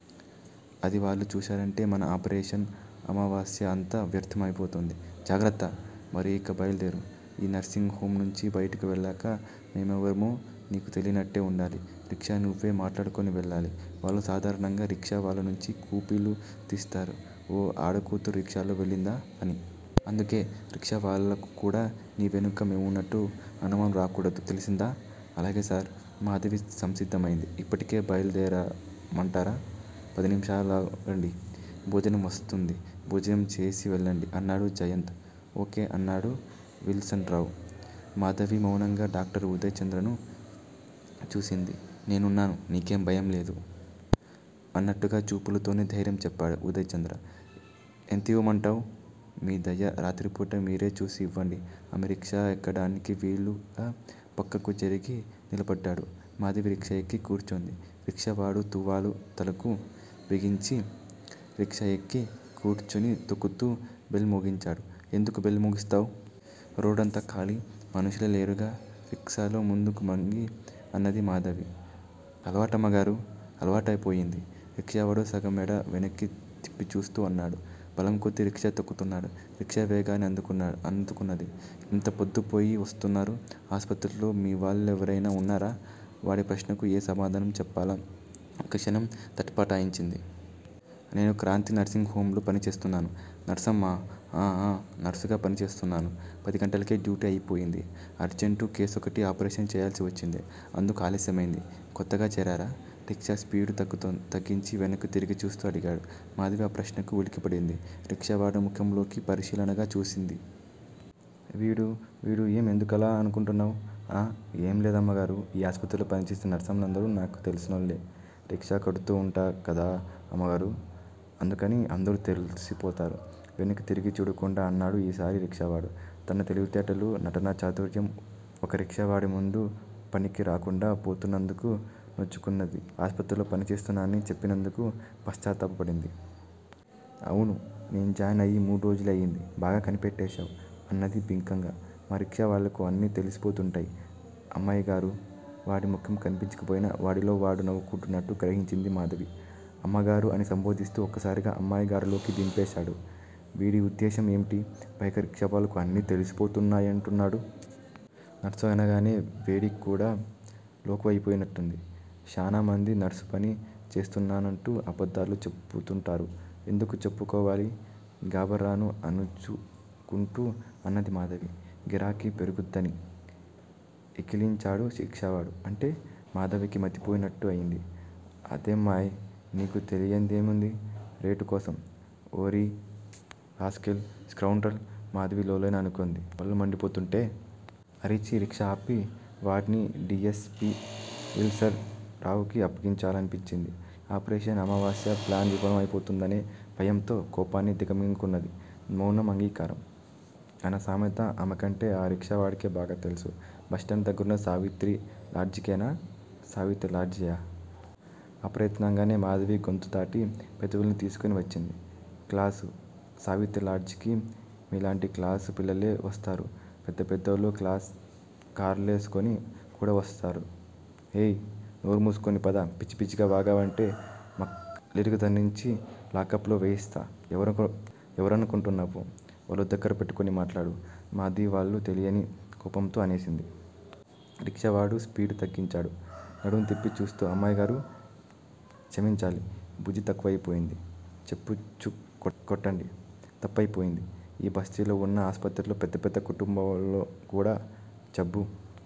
అది వాళ్ళు చూశారంటే మన ఆపరేషన్ అమావాస్య అంతా వ్యర్థం అయిపోతుంది. జాగ్రత్త! మరి ఇక బయలుదేరు. ఈ నర్సింగ్ హొమ్ నుంచి బయటకు వెళ్ళాక మేమెవరమో నీకు తెలియనట్టే వుండాలి. రిక్షా నువ్వే మాట్లాడుకొని వెళ్ళాలి. వాళ్ళు సాధారణంగా రిక్షావాళ్ళనుంచి కూపీలు తీస్తారు. 'ఓ ఆడకూతురు రిక్షాలోవెళ్ళిందా' అని. అందుకే రిక్షావాళ్ళకుకూడా నీ వెనుక మేమున్నట్టు అనుమానం రాకూడదు తెలిసిందా? అలాగే సార్! మాధవి సంసిద్ధమైంది. ఇప్పటికే బయలుదేరమంటారా? పదినిముషాలాగండి. భోజనంవస్తుంది. భోజనం చేసివెళ్ళండి అన్నాడు జయంత్. ఓ. కే. అన్నాడు విల్సన్ రావు. మాధవి మౌనంగా డాక్టర్ ఉదయ్ చంద్రను చూసింది. 'నేనున్నాను. నీకేం భయంలేదు. ' అన్నట్టుగా చూపులతోనే ధైర్యం చెప్పాడు ఉదయ్ చంద్ర. ఎంతివ్వమంటావ్? మీదయ. రాత్రిపూట మీరేచూసి ఇవ్వండి. ఆమె రిక్షా ఎక్కడానికి వీలుగా పక్కకు జరిగి నిలబడ్డాడు. మాధవి రిక్షా ఎక్కి కూర్చుంది. రిక్షావాడు తువ్వాలు తలకు బిగించి, రిక్షాఎక్కి కూర్చునితొక్కుతూ బెల్ మోగించాడు. ఎందుకు బెల్ మోగిస్తావ్? రోడ్డంతా ఖాళీ. మనుషులే లేరుగా? రిస్ఖాలో ముందుకు వంగి అన్నది మాధవి. అలవాటమ్మగారూ! అలవాటయిపోయింది. రిక్షావాడు సగం మెడ వెనక్కు తిప్పిచూస్తూ అన్నాడు. బలంకొద్దీ రిక్షా తొక్కుతున్నాడు. రిక్షా వేగాన్ని అందుకున్నది. ఇంత పొద్దుపోయి వస్తున్నారు. ఆస్పత్రిలో మీవాళ్ళెవరైనా ఉన్నారా? వాడి ప్రశ్నకు ఏం సమాధానం చెప్పాలా ఒక్కక్షణం తటపటా యించింది. నేను క్రాంతి నర్సింగ్ హొమ్ లో పనిచేస్తున్నాను. నర్సమ్మా? ఆఁ ఆఁ! నర్సుగా పనిచేస్తున్నాను. పదిగంటలకే డ్యూటీ అయిపోయింది. అర్జంటు కేసోకటి ఆపరేషన్ చెయ్యాల్సివచ్చింది. అందుకు ఆలస్యమైంది. కొత్తగా చేరారా? రిక్షా స్పీడుతగ్గించి వెనక్కు తిరిగి చూస్తూ అడిగాడు. మాధవి ఆ ప్రశ్నకు ఉలిక్కిపడింది. రిక్షావాడి ముఖంలోకి పరిశీలనగా చూసింది. వీడు వీడు ఏం ఎందుకలా అనుకుంటున్నావ్? ఆఁ ఏం లేదమ్మగారూ! ఈ ఆస్పత్రిలో పనిచేసే నర్సమ్మ లందరూ తెలిసినోళ్ళే రిక్షాకడ్తూ వుంటాంగదా అమ్మగారూ! అందుకని అందరూ తెలిసిపోతారు. వెనక్కు తిరిగి చూడకుండా అన్నాడు ఈ సారి రిక్షావాడు. తన తెలివితేటలు, నటనాచాతుర్యం, ఓక రిక్షావాడిముందు పనికి రాకుండా పోతున్నందుకు నొచ్చుకున్నది ఆసుపత్రిలో పనిచేస్తున్నానని చెప్పినందుకు పశ్చాత్తాప పడింది. అవును. నేను జాయిన్ అయి మూడురోజులే అయింది. బాగా కనిపెట్టాశావ్ అన్నది బింకంగా. మా రిక్షావాళ్ళకు అన్నీ తెలిసిపోతుంటాయ్. అమ్మాయిగారూ? వాడి ముఖం కన్పించకపోయినా, వాడిలోవాడు నవ్వుకుంటున్నట్టు గ్రహించింది మాధవి. అమ్మగారూ అని సంబోధిస్తూ ఒక్కసారిగా అమ్మాయిగారూలోకి దించేశాడు. వీడి ఉద్దేశ్యం ఏమిటి? పైగా రిక్షావాళ్ళకు అన్నీ తెలిసిపోతుంటాయంటున్నాడు? నర్సు అనగానే వేడికికూడా లోకువైపోయినట్టుంది. శానామంది నర్సుపని చేస్తున్నానంటూ అబద్దాలు చెపుతుంటారు ఎందుకూ చెప్పుకోవాలీ? గాభరాను అణుచుకుంటూ అన్నది మాధవి. గిరాకీ పెరుగుద్దనీ? ఇకిలించాడు రిక్షావాడు. అంటే? మాధవికి మతిపోయినట్టు అయింది. అదేనమ్మాయ్! నీకు తెలియందేముంది? రేటుకోసం. ఓరి! రాస్కెల్! స్కౌండ్రల్! మాధవి లోలోనే అనుకుంది వళ్ళుమండిపోతూంటే. అరిచి రిక్షా ఆపి, వాడ్ని డి. యస్. పి. విల్సన్ రావుకు అప్పగించాలనిపించింది. 'ఆపరేషన్ అమావాస్య ' ప్లాన్ విఫలమైపోతుందనే భయంతో కోపాన్ని దిగమింగుకున్నది. మౌనం అంగీకారం? అన్న సామెత ఆమెకంటే ఆ రిక్షావాడికే బాగాతెలుసు. బస్ స్టాండు దగ్గరున్న సావిత్రి లాడ్జికేనా? సావిత్రి లాడ్జీయా? అప్రయత్నంగానే మాధవి గొంతుదాటి పెదవుల్ని తోసుకొని వచ్చింది! క్లాసు, సావిత్రిలాడ్జికి మీలాంటి క్లాసు పిల్లలే వస్తారు. పెద్దపెద్దోళ్ళు కార్లేసుకొని కూడా వస్తారు. ఏయ్ నోరుమూసుకుని పద. పిచ్చి పిచ్చిగా వాగావంటే మక్కెలిరగతన్నించి లాకప్ లో వేయిస్తా! ఎవరనుకొంటున్నావో. వళ్ళు దగ్గర పెట్టుకొని మాట్లాడు. మాధవి వళ్ళు తెలియని కోపంలో అనేసింది. రిక్షావాడు స్పీడు తగ్గించాడు. నడుంతిప్పి చూస్తూ అమ్మగారూ! చమించాలి బుద్ది తక్కువైపోయింది. చెప్పుచ్చుక్కొట్టండి తప్పయిపోయింది. ఈ బస్తీలో వున్న ఆస్పత్రిల్లో పెద్దపెద్ద కుంటుబాలోళ్ళు కూడా జబ్బు